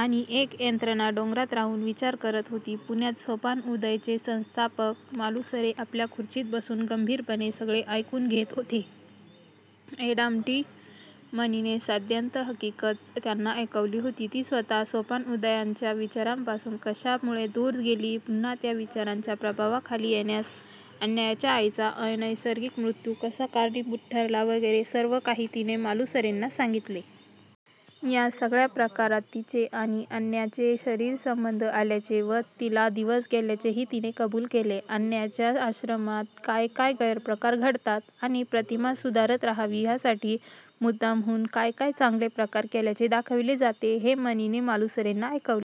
आणि एक यंत्रणा डोंगरात राहून विचार करत होती. पुण्यात सोपान उदयचे संस्थापक मालुसरे आपल्या खुर्चीत बसून गंभीरपणे सगळे ऐकून घेत होते. एडामट्टी मणीने साद्यंत हकीकत त्यांना ऐकवली होती. ती स्वतः सोपान उदयच्या विचारांपासून कशामुळे दूर गेली, पुन्हा त्या विचारांच्या प्रभावाखाली येण्यास अन्याच्या आईचा अनैसर्गिक मृत्यू कसा कारणीभूत ठरला वगैरे सर्व काही तिने मालुसरेंना सांगितले. ह्या सगळ्या प्रकारात तिचे आणि अन्याचे शरीरसंबंध आल्याचे व तिला दिवस गेल्याचेही तिने कबूल केले. अन्याच्या आश्रमात काय काय गैरप्रकार घडतात आणि प्रतिमा सुधारत राहावी ह्यासाठी मुद्दामहून काय काय चांगले प्रकार केल्याचे दाखवले जाते हे मणीने मालुसरेंना ऐकवले.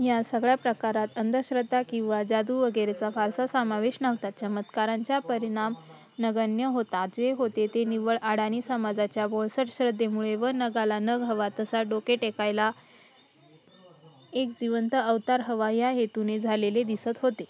ह्या सगळ्या प्रकारात अंधश्रद्धा किंवा जादू वगैरेचा फारसा समावेश नव्हता. चमत्कारांचा परिणाम नगण्य होता. जे होते ते निव्वळ अडाणी समाजाच्या भोळसट श्रद्धेमुळे व नगाला नग हवा तसा डोके टेकायला एक जिवंत अवतार हवा ह्या हेतूने झालेले दिसत होते.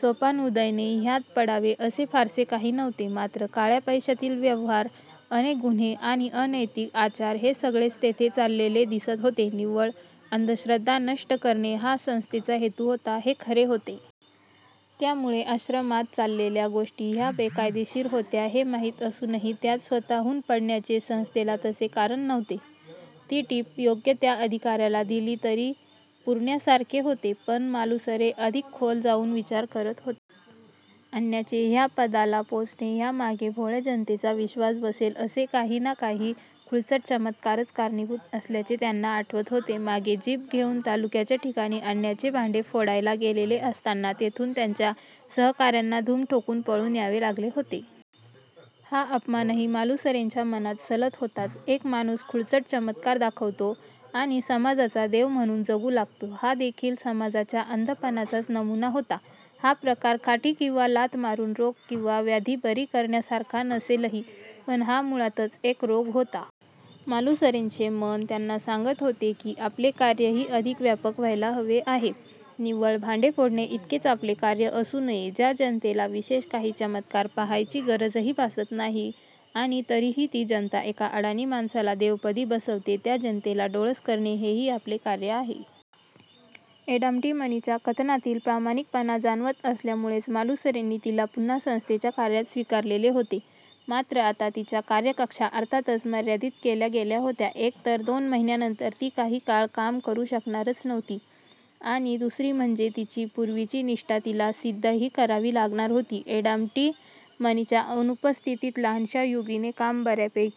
सोपान उदयने ह्यात पडावे असे फारसे काही नव्हते. मात्र काळ्या पैश्यातील व्यवहार, अनेक गुन्हे आणि अनैतिक आचार हे सगळेच तेथे चाललेले दिसत होते. निव्वळ अंधश्रद्धा नष्ट करणे हा संस्थेचा हेतू होता हे खरे होते. त्यामुळे आश्रमात चाललेल्या गोष्टी ह्या बेकायदेशीर होत्या हे माहीत असूनही त्यात स्वतःहून पडण्याचे संस्थेला तसे कारण नव्हते. ती टीप योग्य त्या अधिकाऱ्याला दिली तरी पुरण्यासारखे होते. पण मालुसरे अधिक खोल जाऊन विचार करत होते. अन्याचे ह्या पदाला पोचणे ह्यामागे भोळ्या जनतेचा विश्वास बसेल असे काही ना काही खुळचट चमत्कारच कारणीभूत असल्याचे त्यांना आठवत होते. मागे जीप घेऊन तालुक्याच्या ठिकाणी अन्याचे भांडे फोडायला गेलेले असताना तेथून त्यांच्या सहकाऱ्यांना धूम ठोकून पळून यावे लागले होते. हा अपमानही मालुसरेंच्या मनात सलत होताच. एक माणूस खुळचट चमत्कार दाखवतो आणि समाजाचा देव म्हणून जगू लागतो हादेखील समाजाच्या अंधपणाचाच नमुना होता. हा प्रकार काठी किंवा लाथ मारून रोग किंवा व्याधी बरी करण्यासारखा नसेलही, पण हा मुळातच एक रोग होता. मालुसरेंचे मन त्यांना सांगत होते की आपले कार्यही अधिक व्यापक व्हायला हवे आहे. निव्वळ भांडे फोडणे इतकेच आपले कार्य असू नये. ज्या जनतेला विशेष काही चमत्कार पाहायची गरजही भासत नाही आणि तरीही ती जनता एका अडाणी माणसाला देवपदी बसवते त्या जनतेला डोळस करणे हेही आपले कार्य आहे. एडामट्टी मणीच्या कथनातील प्रामाणिकपणा जाणवत असल्यामुळेच मालुसरेंनी तिला पुन्हा संस्थेच्या कार्यात स्वीकारलेले होते. मात्र आता तिच्या कार्यकक्षा अर्थातच मर्यादित केल्या गेल्या होत्या. एक तर दोन महिन्यांनंतर ती काही काळ काम करू शकणारच नव्हती आणि दुसरे म्हणजे तिची पूर्वीची निष्ठा तिला सिद्धही करावी लागणार होती. एडामट्टी मणीच्या अनुपस्थितीत लहानश्या युगीने काम बऱ्यापैकी